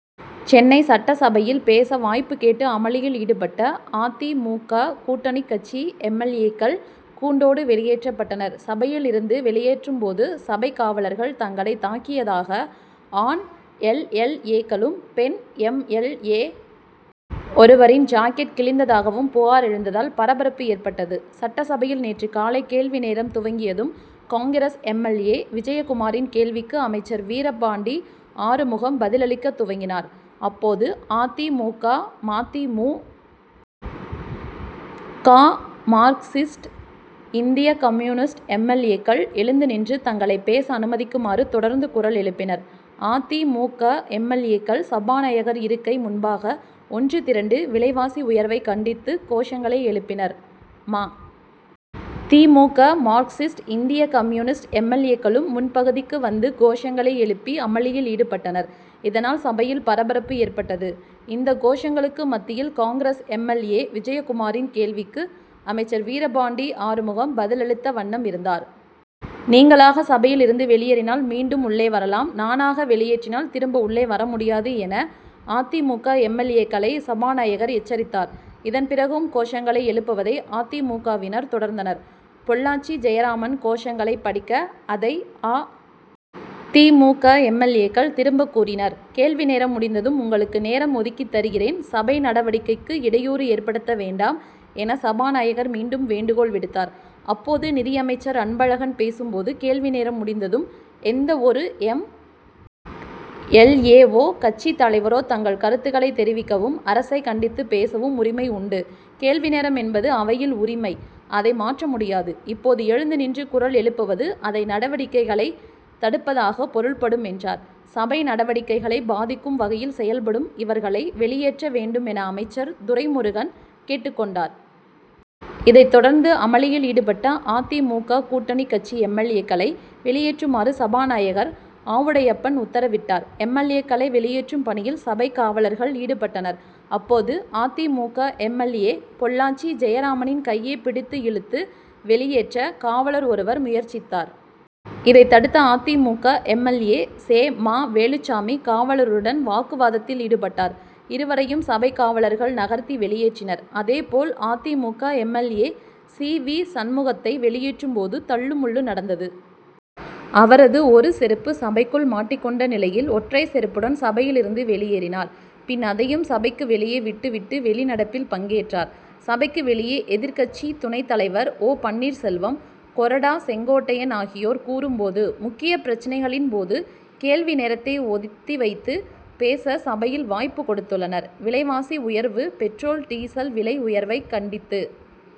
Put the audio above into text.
சென்னை சட்டசபையில் பேச வாய்ப்பு கேட்டு அமளியில் ஈடுபட்ட அ. தி. மு. க. கூட்டணிக் கட்சி எம். எல். ஏ.க்கள் கூண்டோடு வெளியேற்றப்பட்டனர். சபையில் இருந்து வெளியேற்றும்போது சபைக் காவலர்கள் தங்களை தாக்கியதாக ஆண் எல். எல். ஏ.க்களும் பெண் எம். எல். ஏ. ஒருவரின் ஜாக்கெட் கிழிந்ததாகவும் புகார் எழுந்ததால் பரபரப்பு ஏற்பட்டது. சட்டசபையில் நேற்று காலை கேள்வி நேரம் துவங்கியதும் காங்கிரஸ் எம். எல். ஏ. விஜயகுமாரின் கேள்விக்கு அமைச்சர் வீரபாண்டி ஆறுமுகம் பதில் அளிக்கத் துவங்கினார். அப்போது அ. தி. மு. க. ம. தி. மு. க. மார்க்சிஸ்ட் இந்திய கம்யூனிஸ்ட் எம். எல். ஏ.க்கள் எழுந்து நின்று தங்களை பேச அனுமதிக்குமாறு தொடர்ந்து குரல் எழுப்பினர். அ. தி. மு. க. எம். எல். ஏ.க்கள் சபாநாயகர் இருக்கை முன்பாக ஒன்று திரண்டு விலைவாசி உயர்வைக் கண்டித்து கோஷங்களை எழுப்பினர். ம. தி. மு. க. மார்க்சிஸ்ட் இந்திய கம்யூனிஸ்ட் எம். எல். ஏ.க்களும் முன்பகுதிக்கு வந்து கோஷங்களை எழுப்பி அமளியில் ஈடுபட்டனர். இதனால் சபையில் பரபரப்பு ஏற்பட்டது. இந்த கோஷங்களுக்கு மத்தியில் காங்கிரஸ் எம். எல். ஏ. விஜயகுமாரின் கேள்விக்கு அமைச்சர் வீரபாண்டி ஆறுமுகம் பதில் அளித்த வண்ணம் இருந்தார். நீங்களாக சபையில் இருந்து வெளியேறினால் மீண்டும் உள்ளே வரலாம். நானாக வெளியேற்றினால் திரும்ப உள்ளே வர முடியாது என அ. தி. மு. க. எம். எல். ஏ.க்களை சபாநாயகர் எச்சரித்தார். இதன் பிறகும் கோஷங்களை எழுப்புவதை அ. தி. மு. க.வினர் தொடர்ந்தனர். பொள்ளாச்சி ஜெயராமன் கோஷங்களை படிக்க அதை அ. தி. மு. க. எம். எல். ஏ.க்கள் திரும்ப கூறினர். கேள்வி நேரம் முடிந்ததும் உங்களுக்கு நேரம் ஒதுக்கித் தருகிறேன். சபை நடவடிக்கைக்கு இடையூறு ஏற்படுத்த வேண்டாம் என சபாநாயகர் மீண்டும் வேண்டுகோள் விடுத்தார். அப்போது நிதியமைச்சர் அன்பழகன் பேசும்போது கேள்வி நேரம் முடிந்ததும் எந்தவொரு எம். எல். ஏ.வோ கட்சித் தலைவரோ தங்கள் கருத்துகளை தெரிவிக்கவும் அரசை கண்டித்துப் பேசவும் உரிமை உண்டு. கேள்வி நேரம் என்பது அவையில் உரிமை. அதை மாற்ற முடியாது. இப்போது எழுந்து நின்று குரல் எழுப்புவது அவை நடவடிக்கைகளை தடுப்பதாக பொருள்படும் என்றார். சபை நடவடிக்கைகளை பாதிக்கும் வகையில் செயல்படும் இவர்களை வெளியேற்ற வேண்டும் என அமைச்சர் துரைமுருகன் கேட்டுக் கொண்டார். இதைத் தொடர்ந்து அமளியில் ஈடுபட்ட அ. தி. மு. க. கூட்டணிக் கட்சி எம். எல். ஏ.க்களை வெளியேற்றுமாறு சபாநாயகர் ஆவுடையப்பன் உத்தரவிட்டார். எம். எல். ஏ.க்களை வெளியேற்றும் பணியில் சபைக்காவலர்கள் ஈடுபட்டனர். அப்போது அ. தி. மு. க. எம். எல். ஏ. பொள்ளாச்சி ஜெயராமனின் கையைப் பிடித்து இழுத்து வெளியேற்ற காவலர் ஒருவர் முயற்சித்தார். இதை தடுத்த அ. தி. மு. க. எம். எல். ஏ. செ. ம. வேலுச்சாமி காவலருடன் வாக்குவாதத்தில் ஈடுபட்டார். இருவரையும் சபைக்காவலர்கள் நகர்த்தி வெளியேற்றினர். அதே போல் அ. தி. மு. க. M. L. A. C. V. சண்முகத்தை வெளியேற்றும்போது தள்ளுமுள்ளு நடந்தது. அவரது ஒரு செருப்பு சபைக்குள் மாட்டிக் கொண்ட நிலையில் ஒற்றை செருப்புடன் சபையில் இருந்து வெளியேறினார். பின் அதையும் சபைக்கு வெளியே விட்டு விட்டு வெளிநடப்பில் பங்கேற்றார். சபைக்கு வெளியே எதிர்க்கட்சி துணைத் தலைவர் ஓ. பன்னீர்செல்வம் கொறடா செங்கோட்டையன் ஆகியோர் கூறும்போது முக்கியப் பிரச்னைகளின் போது கேள்வி நேரத்தை ஒத்தி வைத்து பேச சபையில் வாய்ப்பு கொடுத்துள்ளனர். விலைவாசி உயர்வு பெட்ரோல் டீசல் விலை உயர்வைக் கண்டித்து